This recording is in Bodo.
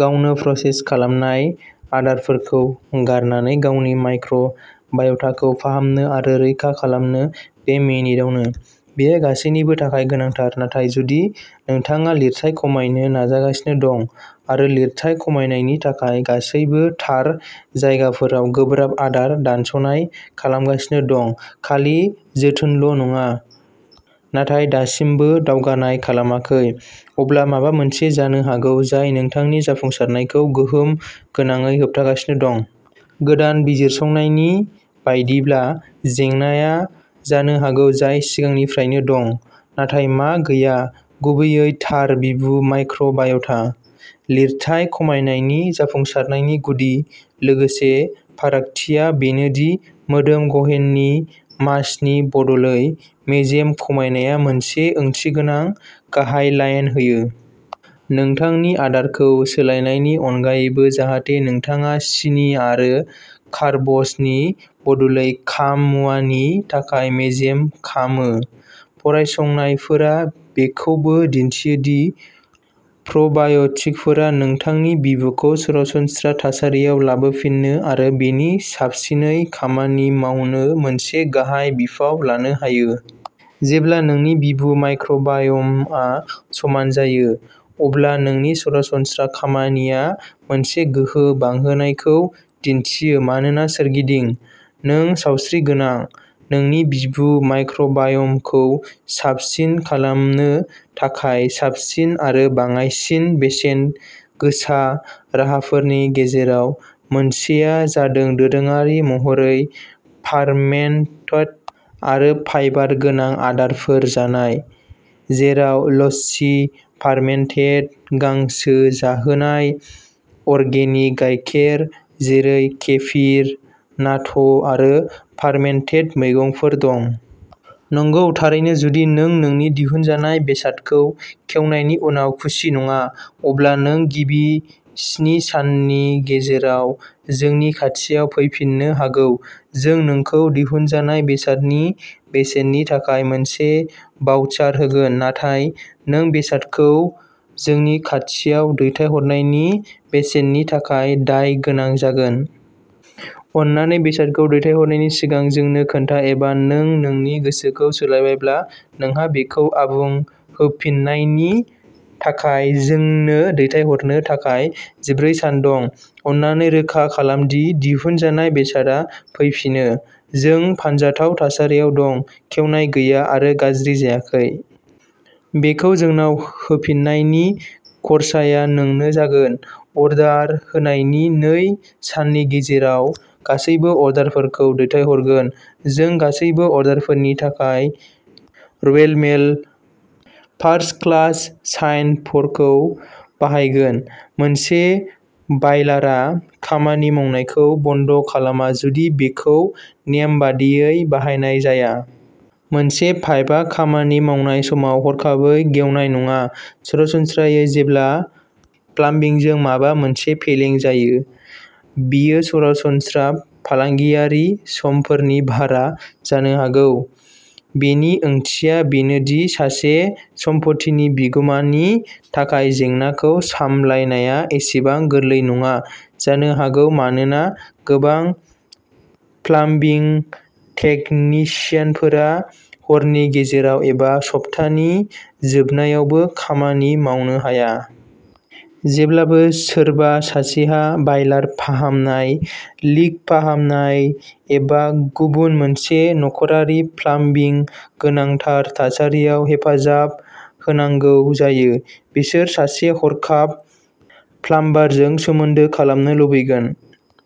गावनो, प्रसेस खालामनाय आदारफोरखौ गारनानै गावनि माइक्र' बाय'टाखौ फाहामनो आरो रैखा खालामनो, बे मिनिटआवनो। बेयो गासैनिबो थाखाय गोनांथार, नाथाय जुदि नोंथाङा लिरथाइ खमायनो नाजागासिनो दं आरो लिरथाइ खमायनायनि थाखाय गासैबो थार जायगाफोराव गोब्राब आदार दानस'नाय खालामगासिनो दं, खालि जोथोनल' नङा, नाथाय दासिमबो दावगानाय खालामाखै, अब्ला माबा मोनसे जानो हागौ जाय नोंथांनि जाफुंसारनायखौ गोहोम गोनाङै होबथागासिनो दं। गोदान बिजिरसंनायनि बायदिब्ला, जेंनाआ जानो हागौ जाय सिगांनिफ्रायनो दं, नाथाय मा गैया गुबैयै थार बिबु माइक्र' बाय'टा। लिरथाइ खमायनायनि जाफुंसारनायनि गुदि, लोगोसे फारागथिया बेनो दि मोदोम गेहेननि मासनि बदलै मेजेम खमायनाया मोनसे ओंथिगोनां गाहाय लाइन होयो। नोंथांनि आदारखौ सोलायनायनि अनगायैबो जाहाथे नोंथाङा सिनि आरो कार्बसनि बदलै खाम मुवानि थाखाय मेजेम खामो, फरायसंनायफोरा बेखौबो दिन्थियो दि प्र'बाय'टिकफोरा नोंथांनि बिबुखौ सरासनस्रा थासारियाव लाबोफिन्नो आरो बेनि साबसिनै खामानि मावनो मोनसे गाहाय बिफाव लानो हायो। जेब्ला नोंनि बिबु माइक्र'बाय'मआ समान जायो, अब्ला नोंनि सरासनस्रा खामानिया मोनसे गोहो बांहोनायखौ दिन्थियो मानोना सोरगिदिं, नों सावस्रि गोनां। नोंनि बिबु माइक्र' बाय'मखौ साबसिन खालामनो थाखाय साबसिन आरो बाङाइसिन बेसेन गोसा राहाफोरनि गेजेराव मोनसेआ जादों दोरोङारि महरै फार्मेन्टेड आरो फाइबार गोनां आदारफोर जानाय, जेराव लस्सी, फार्मेन्टेड गांसो जाहोनाय अर्गेनिक गायखेर जेरै केफिर, नाट' आरो फार्मेन्टेड मैगंफोर दं। नंगौ थारैनो जुदि नों नोंनि दिहुनजानाय बेसादखौ खेवनायनि उनाव खुसि नङा, अब्ला नों गिबि स्नि साननि गेजेराव जोंनि खाथियाव फैफिननो हागौ, जों नोंखौ दिहुनजानाय बेसादनि बेसेननि थाखाय मोनसे भाउचार होगोन। नाथाय नों बेसादखौ जोंनि खाथियाव दैथायहरनायनि बेसेननि थाखाय दाय गोनां जागोन। अन्नानै बेसादखौ दैथायहरनायनि सिगां जोंनो खोन्था एबा नों नोंनि गोसोखौ सोलायबायब्ला, नोंहा बेखौ आबुं होफिन्नायनि थाखाय जोंनो दैथायहरनो थाखाय जिब्रै सान दं। अन्नानै रोखा खालाम दि दिहुनजानाय बेसादआ फैफिनो। जों फानजाथाव थासारियाव दं, खेवनाय गैया आरो गाज्रि जायाखै। बेखौ जोंनाव होफिन्नायनि खर्साया नोंनो जागोन। अर्डार होनायनि नै साननि गेजेराव गासैबो अर्डारफोरखौ दैथायहरगोन। जों गासैबो अर्डारफोरनि थाखाय Royal Mail first class sign फरखौ बाहायगोन। मोनसे बायलारआ खामानि मावनायखौ बन्द' खालामा जुदि बेखौ नेमबादियै बाहायनाय जाया। मोनसे पाइपआ खामानि मावनाय समाव हरखाबै गेवनाय नङा। सरासनस्रायै, जेब्ला प्लाम्बिंजों माबा मोनसे फेलें जायो, बेयो सरासनस्रा फालांगियारि समफोरनि बारा जानो हागौ। बेनि ओंथिया बेनो दि सासे सम्पथिनि बिगुमानि थाखाय जेंनाखौ सामलायनाया एसेबां गोरलै नङा जानो हागौ मानोना गोबां प्लाम्बिं टेकनिशियानफोरा हरनि गेजेराव एबा सप्तानि जोबनायावबो खामानि मावनो हाया। जेब्लाबो सोरबा सासेहा बायलार फाहामनाय, लिक फाहामनाय, एबा गुबुन मोनसे नखरारि प्लाम्बिं गोनांथार थासारियाव हेफाजाब होनांगौ जायो, बिसोर सासे हरखाब प्लाम्बारजों सोमोन्दो खालामनो लुबैगोन।